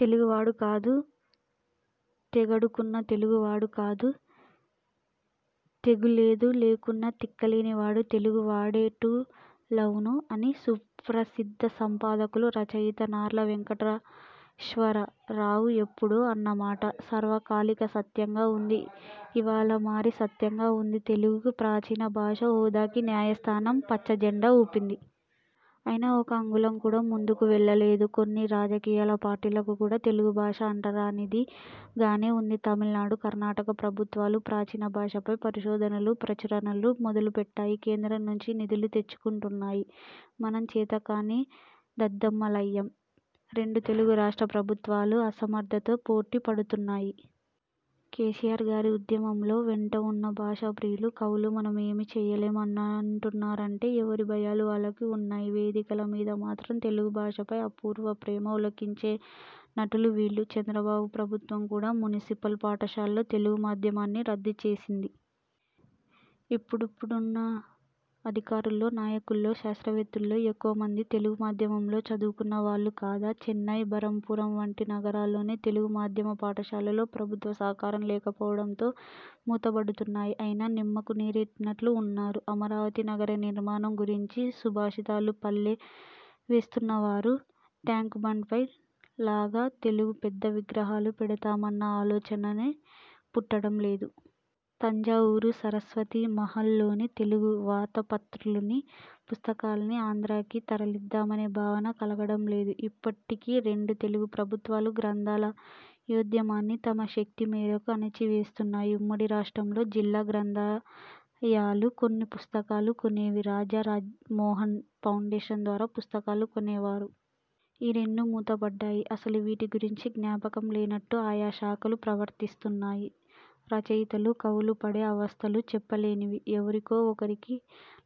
తెలుగు వాడు కాదు తెగడకున్న తెలుగు వాడు కాదు తెగులేదొ లేకున్న తిక్కలేని వాడు తెలుగు వాడెటులౌను! '' అని సుప్రసిద్ధ సంపాదకులు, రచయిత నార్ల వెంకటేశ్వరరావు ఎప్పుడో అన్నమాట సార్వకాలిక సత్యంగా వుంది ఇవాళ మరీ సత్యంగా వుంది. తెలుగుకి ప్రాచీన భాష హోదాకి న్యాయస్థానం పచ్చజెండా ఊపింది. అయినా ఒక్క అంగుళం కూడా ముందుకు వెళ్ళలేదు. కొన్ని రాజకీయ పార్టీలకు కూడా తెలుగు భాష అంటరానిది గానే వుంది. తమిళనాడు, కర్ణాటక ప్రభుత్వాలు ప్రాచీన భాషపై పరిశోధనలు, ప్రచురణలు మొదలుపెట్టాయి. కేంద్రం నుంచి నిధులు తెచ్చుకుంటున్నాయి. మనం చేతకాని దద్దమ్మలయ్యాం. రెండు తెలుగు రాష్ట్ర ప్రభుత్వాలు అసమర్థతలో పోటీ పడుతున్నాయి. కేసీఆర్ గారికి ఉద్యమంలో వెంటవున్న భాషా ప్రియులు, కవులు 'మనం ఏమీ చెయ్యలేం' అంటున్నారంటే ఎవరి భయాలు వాళ్ళకి వున్నాయి. వేదికల మీద మాత్రం తెలుగు భాషపై అపూర్వ ప్రేమ ఒలికించే నటులు వీళ్ళు! చంద్రబాబు ప్రభుత్వం కూడా మునిసిపల్ పాఠశాలల్లో తెలుగు మాధ్యమాన్ని రద్దు చేసింది. ఇప్పుడున్న అధికారుల్లో, నాయకుల్లో, శాస్త్రవేత్తల్లో ఎక్కువమంది తెలుగు మాధ్యమంలో చదువుకున్న వాళ్ళు కాదా? చెన్నై, బరంపురం వంటి నగరాల్లోని తెలుగు మాధ్యమ పాఠశాలలు ప్రభుత్వ సహకారం లేకపోవడంతో మూతపడుతున్నాయి. అయినా నిమ్మకు నీరెత్తినట్లు ఉన్నారు. అమరావతి నగర నిర్మాణం గురించి సుభాషితాలు వల్లె వేస్తున్నవారు ట్యాంక్బండ్పై లాగా తెలుగు పెద్దల విగ్రహాలు పెడదామన్న ఆలోచనే పుట్టడం లేదు. తంజావూరు సరస్వతీ మహల్లోని తెలుగు వ్రాతప్రతుల్ని, పుస్తకాల్ని ఆంధ్రాకి తరలిద్దామనే భావనే కలగడంలేదు. ఇప్పటి రెండు తెలుగు ప్రభుత్వాలు గ్రంథాల యోద్యమాన్ని తమ శక్తి మేరకు అణచి వేస్తున్నాయి. ఉమ్మడి రాష్ట్రంలో జిల్లా గ్రంథాలయాలు కొన్ని పుస్తకాలు కొనేవి. రాజా రామ్మోహన్రాయ్ ఫౌండేషన్ ద్వారా పుస్తకాలు కొనేవారు. ఈ రెండూ మూతపడ్డాయి. అసలు వీటి గురించి జ్ఞాపకం లేనట్టు ఆయా శాఖలూ ప్రవర్తిస్తున్నాయి. రచయితలు, కవులు పడే అవస్థలు చెప్పలేనివి. ఎవరికో ఒకరికి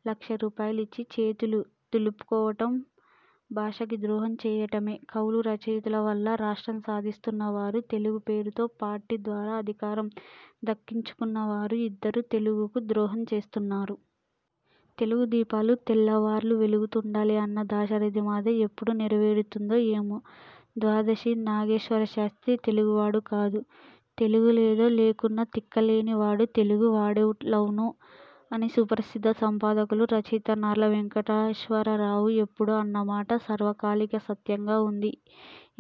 లక్ష రూపాయలిచ్చి చేతులు దులుపుకోవటం భాషకి ద్రోహం చెయ్యటమే. కవులు, రచయితల వల్ల రాష్ట్రం సాధించుకున్న వారూ, తెలుగు పేరుతో పార్టీ ద్వారా అధికారం దక్కించుకున్న వారూ ఇద్దరూ తెలుగుకు ద్రోహం చేస్తున్నారు. 'తెలుగు దీపాలు తెల్లవార్లూ వెలుగుతుండాలి' అన్న దాశరథి మాట ఎప్పుడు నెరవేరుతుందో ఏమో! ద్వాదశి నాగేశ్వర శాస్త్రి తెలుగువాడు కాదు తెగులేదొ లేకున్న తిక్కలేని వాడు తెలుగు వాడెటులౌను! '' అని సుప్రసిద్ధ సంపాదకులు, రచయిత నార్ల వెంకటేశ్వరరావు ఎప్పుడో అన్నమాట సార్వకాలిక సత్యంగా వుంది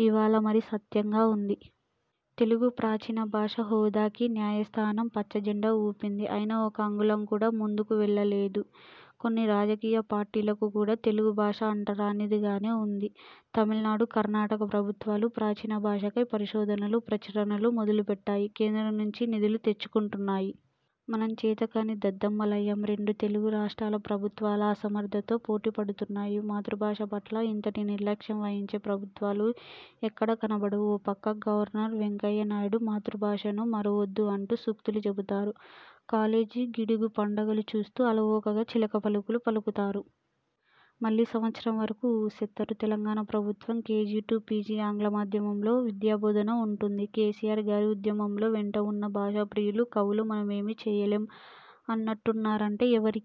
ఇవాళ మరీ సత్యంగా వుంది. తెలుగుకి ప్రాచీన భాష హోదాకి న్యాయస్థానం పచ్చజెండా ఊపింది. అయినా ఒక్క అంగుళం కూడా ముందుకు వెళ్ళలేదు. కొన్ని రాజకీయ పార్టీలకు కూడా తెలుగు భాష అంటరానిదిగానే వుంది. తమిళనాడు, కర్ణాటక ప్రభుత్వాలు ప్రాచీన భాషపై పరిశోధనలు, ప్రచురణలు మొదలు పెట్టాయి. కేంద్రం నుంచి నిధులు తెచ్చుకుంటున్నాయి. మనం చేతకాని దద్దమ్మలయ్యాం. రెండు తెలుగు రాష్ట్ర ప్రభుత్వాలు అసమర్థతలో పోటీ పడుతున్నాయి. మాతృభాష పట్ల ఇంతటి నిర్లక్ష్యం వహించే ప్రభుత్వాలు ఎక్కడా కనపడవు. ఓ పక్క గవర్నర్, వెంకయ్య నాయుడు మాతృభాషను మరువొద్దు అంటూ సూక్తులు చెబుతారు. కాళోజీ, గిడుగు పండగలు చేస్తూ అలవోకగా చిలుక పలుకులు పలుకుతారు. మళ్ళీ సంవత్సరం వరకు ఊసెత్తరు. తెలంగాణ ప్రభుత్వం కేజీ టు పీజీ ఆంగ్ల మాధ్యమంలో విద్యాబోధన అంటుంది. కేసీఆర్ గారికి ఉద్యమంలో వెంటవున్న భాషా ప్రియులు, కవులు 'మనం ఏమీ చెయ్యలేం' అంటున్నారంటే ఎవరి